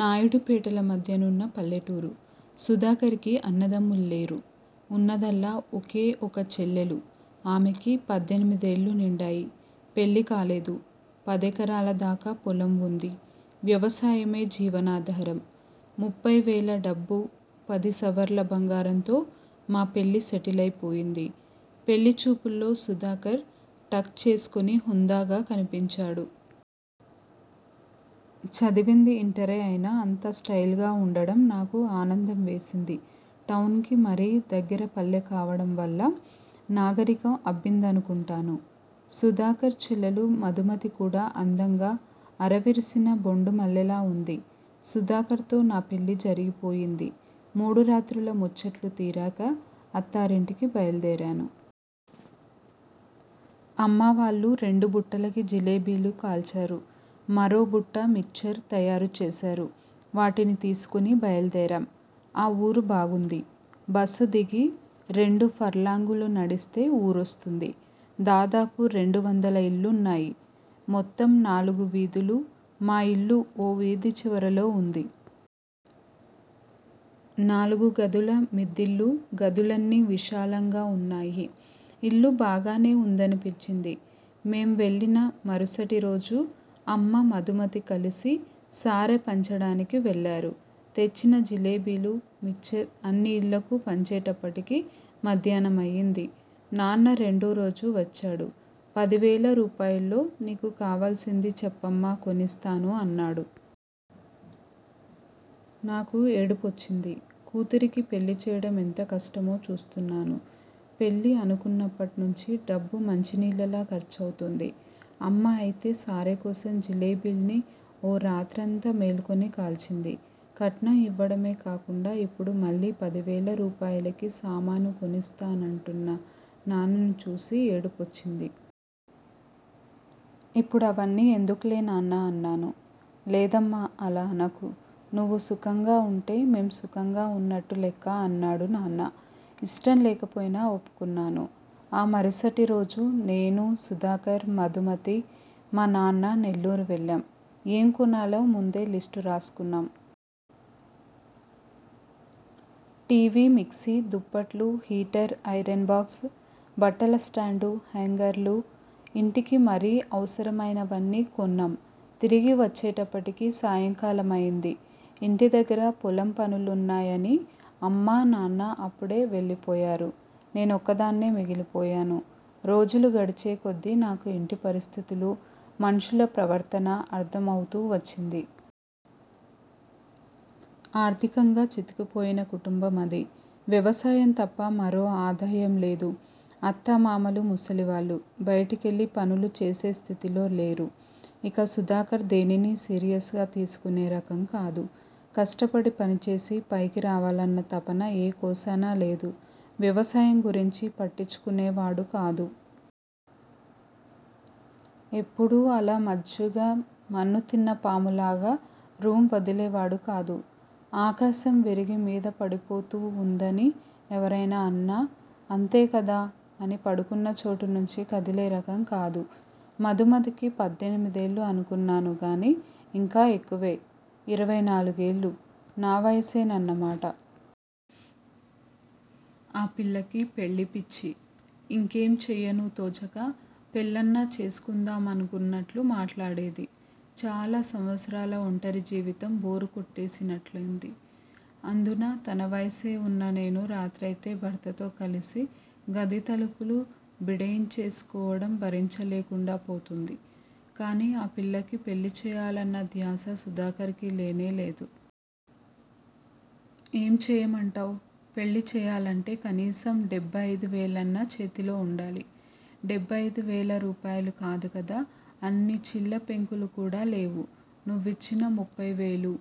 నాయుడుపేటల మధ్య నున్న పల్లెటూరు. సుధాకర్ కి అన్నదమ్ములు లేరు, ఉన్నదల్లా ఒకే ఒక చెల్లెలు ఆమెకి పద్దెనిమిదేళ్ళు నిండాయి. పెళ్ళి కాలేదు. పదెకరాలదాకా పొలం వుంది వ్యవసాయమే జీవనాధారం. ముఫ్ఫైవేల డబ్బూ, పదిసవర్ల బంగారంతో మా పెళ్ళి సెటిలైపోయింది. పెళ్ళిచూపుల్లో సుధాకర్ టక్ చేసుకుని హుందాగా కనిపించాడు. చదివింది ఇంటరే అయినా అంత స్టయిల్ గా వుండడం నాకు ఆనందం వేసింది. టౌన్ కి మరీ దగ్గర పల్లెకావడం వల్ల నాగరికం అబ్బిందనుకుంటాను. సుధాకర్ చెల్లెలు మధుమతి కూడా అందంగా, అరవిరిసిన బొండుమల్లెలా వుంది. సుధాకర్ తో నా పెళ్ళి జరిగిపోయింది. మూడు రాత్రుల ముచ్చట్లు తీరాక- అత్తగారింటికి బయల్దేరాను. అమ్మావాళ్ళు రెండు బుట్టలకి జిలేబీలు కాల్చారు. మరో బుట్ట మిక్చర్ తయారు చేశారు. వాటిని తీసుకుని బయల్దేరాం. ఆ ఊరు బావుంది. బస్సు దిగి రెండు ఫర్లాంగులు నడిస్తే ఊరొస్తుంది. దాదాపు రెండువందల ఇళ్ళున్నాయి. మొత్తం నాలుగు వీధులు మా ఇల్లు ఓ వీధి చివరలో వుంది. నాలుగు గదుల మిద్దిల్లు గదులన్నీ విశాలంగా వున్నాయి ఇల్లు బాగానే వుందనిపించింది. మేం వెళ్ళిన మరుసటిరోజు అమ్మ మధుమతి కలిసి సారె పంచడానికి వెళ్ళారు. తెచ్చిన జిలేబీలు, మిక్చర్ అన్ని ఇళ్ళకు పంచేటప్పటికి మధ్యాహ్నం అయింది. నాన్న రెండోరోజు వచ్చాడు. 'పదివేల రూపాయల్లో నీకు కావాల్సింది చెప్పమ్మా కొనిస్తాను' అన్నాడు. నాకు ఏడుపొచ్చింది. కూతురికి పెళ్ళి చేయడం ఎంత కష్టమో చూస్తున్నాను. పెళ్ళి అనుకున్నప్పట్నుంచీ డబ్బు మంచినీళ్ళలా ఖర్చవుతోంది. అమ్మ అయితే సారెకోసం జిలేబీల్ని ఓ రాత్రంతా మేల్కొని కాల్చింది. కట్నం ఇవ్వడమే కాకుండా ఇప్పుడు మళ్ళీ పదివేల రూపాయలకి సామాను కొనిస్తానంటున్న నాన్నను చూసి ఏడుపొచ్చింది. ఇప్పుడు అవన్నీ ఎందుకులే నాన్నా అన్నాను. లేదమ్మా అలా అనకు, నువ్వు సుఖంగా వుంటే మేం సుఖంగా వున్నట్టు లెక్క అన్నాడు నాన్న. ఇష్టం లేకపోయినా ఒప్పుకున్నాను. ఆ మరుసటిరోజు నేనూ, సుధాకర్, మధుమతి, మానాన్న నెల్లూరు వెళ్ళాం. ఏం కొనాలో ముందే లిస్టు రాసుకున్నాం. టి. వీ. మిక్సి, దుప్పట్లు, హీటర్, ఐరన్ బాక్స్, బట్టలస్టాండూ, హేంగర్లూ, ఇంటికి మరీ అవసరమైనవన్నీ కొన్నాం తిరిగి వచ్చేటప్పటికి సాయంకాలమైంది. ఇంటి దగ్గర పొలం పనులున్నాయని అమ్మా, నాన్న అప్పుడే వెళ్ళి పోయారు. నేనొక్కదాన్నే మిగిలిపోయాను. రోజులు గడిచేకొద్దీ నాకు ఇంటి పరిస్థితులు, మనుషుల ప్రవర్తన అర్ధం అవుతూ వచ్చింది. ఆర్ధికంగా చితికిపోయిన కుటుంబం అది. వ్యవసాయం తప్ప మరో ఆదాయం లేదు. అత్తామామలు ముసలివాళ్ళు, బయటికెళ్ళి పనులు చేసే స్థితిలో లేరు. ఇక సుధాకర్ దేనినీ సీరియస్ గా తీసుకునే రకం కాదు. కష్టపడి పనిచేసి, పైకి రావాలన్న తపన ఏ కోశానా లేదు. వ్యవసాయం గురించి పట్టించుకునేవాడు కాదు. ఎప్పుడూ అలా మజ్జుగా, మన్ను తిన్న పాములాగా రూమ్ వదిలేవాడు కాదు. ఆకాశం విరిగి మీద పడిపోతూ వుందని ఎవరైనా అన్నా 'అంతేకదా' అని పడుకున్న చోటు నుంచి కదిలే రకం కాదు. మధుమతికి పద్దెనిమిదేళ్ళు అనుకున్నానుగానీ ఇంకా ఎక్కువే. ఇరవై నాలుగేళ్ళు. నా వయసేనన్న మాట. ఆ పిల్లకి పెళ్ళి పిచ్చి. ఇంకేం చేయను తోచక పెళ్ళన్నా చేసుకుందామానుకున్నట్లు మాట్లాడేది. చాలా సంవత్సరాల ఒంటరి జీవితం బోర్ కొట్టేసినట్లయింది. అందునా తన వయసే వున్న నేను రాత్రయితే భర్తతో కలిసి గది తలుపులు బిడేయించేసుకోవడం భరించ లేకుండా పోతుంది. కానీ ఆ పిల్లకి పెళ్ళి చేయాలన్న ధ్యాస సుధాకర్ కి లేనేలేదు. ఏం చేయమంటావ్? పెళ్ళి చేయాలంటే కనీసం డెబ్బై అయిదు వేలన్నా చేతిలో వుండాలి. డెబ్బై అయిదువేల రూపాయలు కాదు కదా అన్ని చిల్లపెంకులు కూడా లేవు. నువ్విచ్చిన ముఫ్ఫైవేలూ